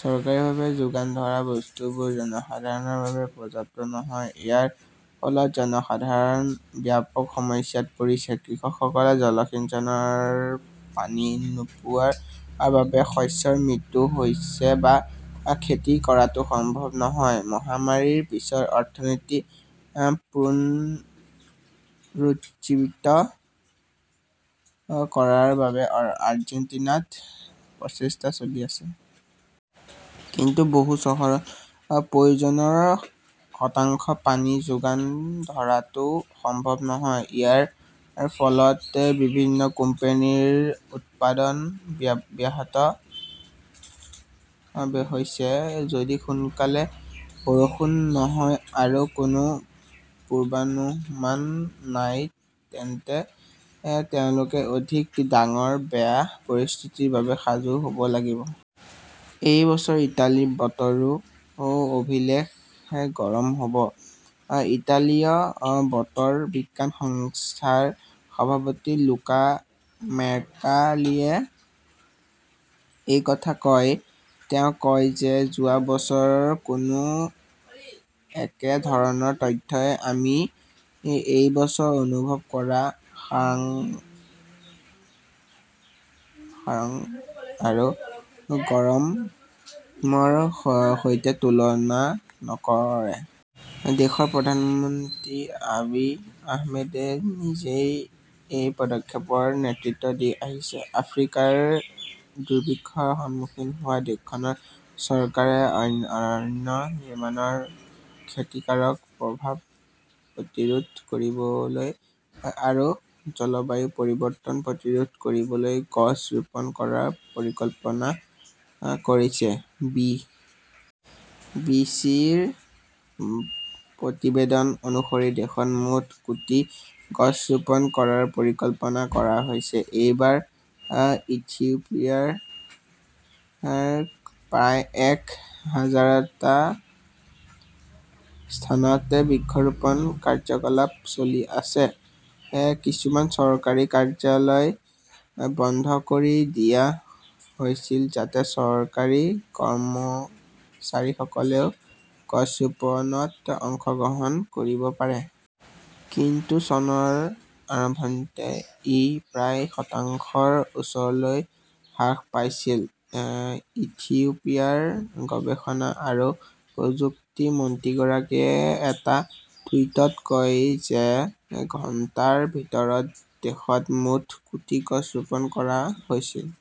চৰকাৰীভাৱে যোগান ধৰা বস্তুবোৰ জনসাধাৰণৰ বাবে পৰ্যাপ্ত নহয়। ইয়াৰ ফলত জনসাধাৰণ ব্যাপক সমস্যাত পৰিছে। কৃষকসকলে জলসিঞ্চনৰ পানী নোপোৱাৰ বাবে শস্যৰ মৃত্যু হৈছে বা খেতি কৰাটো সম্ভৱ নহয়। মহামাৰীৰ পিছৰ অৰ্থনীতি পুনৰুজ্জীৱিত কৰাৰ বাবে আৰ্জেণ্টিনাত প্ৰচেষ্টা চলি আছে। কিন্তু বহু চহৰত প্ৰয়োজনৰ শতাংশ পানী যোগান ধৰাটোও সম্ভৱ নহয়। ইয়াৰ ফলত বিভিন্ন কোম্পানীৰ উৎপাদন ব্যাহত হৈছে। যদি সোনকালে বৰষুণ নহয় আৰু কোনো পূৰ্বানুমান নাই তেন্তে তেওঁলোকে অধিক ডাঙৰ বেয়া পৰিস্থিতিৰ বাবে সাজু হ'ব লাগিব। এই বছৰ ইটালীৰ বতৰো অভিলেখ গৰম হ'ব। ইটালীয় বতৰ বিজ্ঞান সংস্থাৰ সভাপতি লুকা মেৰ্কালীয়ে এই কথা কয়। তেওঁ কয় যে যোৱা বছৰৰ কোনো একে ধৰণৰ তথ্যই আমি এই বছৰ অনুভৱ কৰা খৰাং আৰু গৰমৰ সৈতে তুলনা নকৰে। দেশৰ প্ৰধানমন্ত্ৰী আবি আহমেদে নিজেই এই পদক্ষেপৰ নেতৃত্ব দি আহিছে। আফ্ৰিকাৰ দুৰ্ভিক্ষৰ সন্মুখীন হোৱা দেশখনৰ চৰকাৰে অৰণ্য নিৰ্মাণৰ ক্ষতিকাৰক প্ৰভাৱ প্ৰতিৰোধ কৰিবলৈ আৰু জলবায়ু পৰিৱৰ্তন প্ৰতিৰোধ কৰিবলৈ গছ ৰোপণ কৰাৰ পৰিকল্পনা কৰিছে। বি. বি. চি. -ৰ প্ৰতিবেদন অনুসৰি দেশত মুঠ কোটি গছ ৰোপণ কৰাৰ পৰিকল্পনা কৰা হৈছে। এইবাৰ ইথিওপিয়াৰ প্ৰায় এক হাজাৰটা স্থানত বৃক্ষৰোপণ কাৰ্যকলাপ চলি আছে। কিছুমান চৰকাৰী কাৰ্যালয় বন্ধ কৰি দিয়া হৈছিল যাতে চৰকাৰী কৰ্মচাৰীসকলেও গছ ৰোপণত অংশগ্ৰহণ কৰিব পাৰে। কিন্তু চনৰ আৰম্ভণিতে ই প্ৰায় শতাংশৰ ওচৰলৈ হ্ৰাস পাইছিল। ইথিওপিয়াৰ গৱেষণা আৰু প্ৰযুক্তি মন্ত্ৰীগৰাকীয়ে এটা টুইটত কয় যে ঘণ্টাৰ ভিতৰত দেশত মুঠ কোটি গছ ৰোপণ কৰা হৈছিল।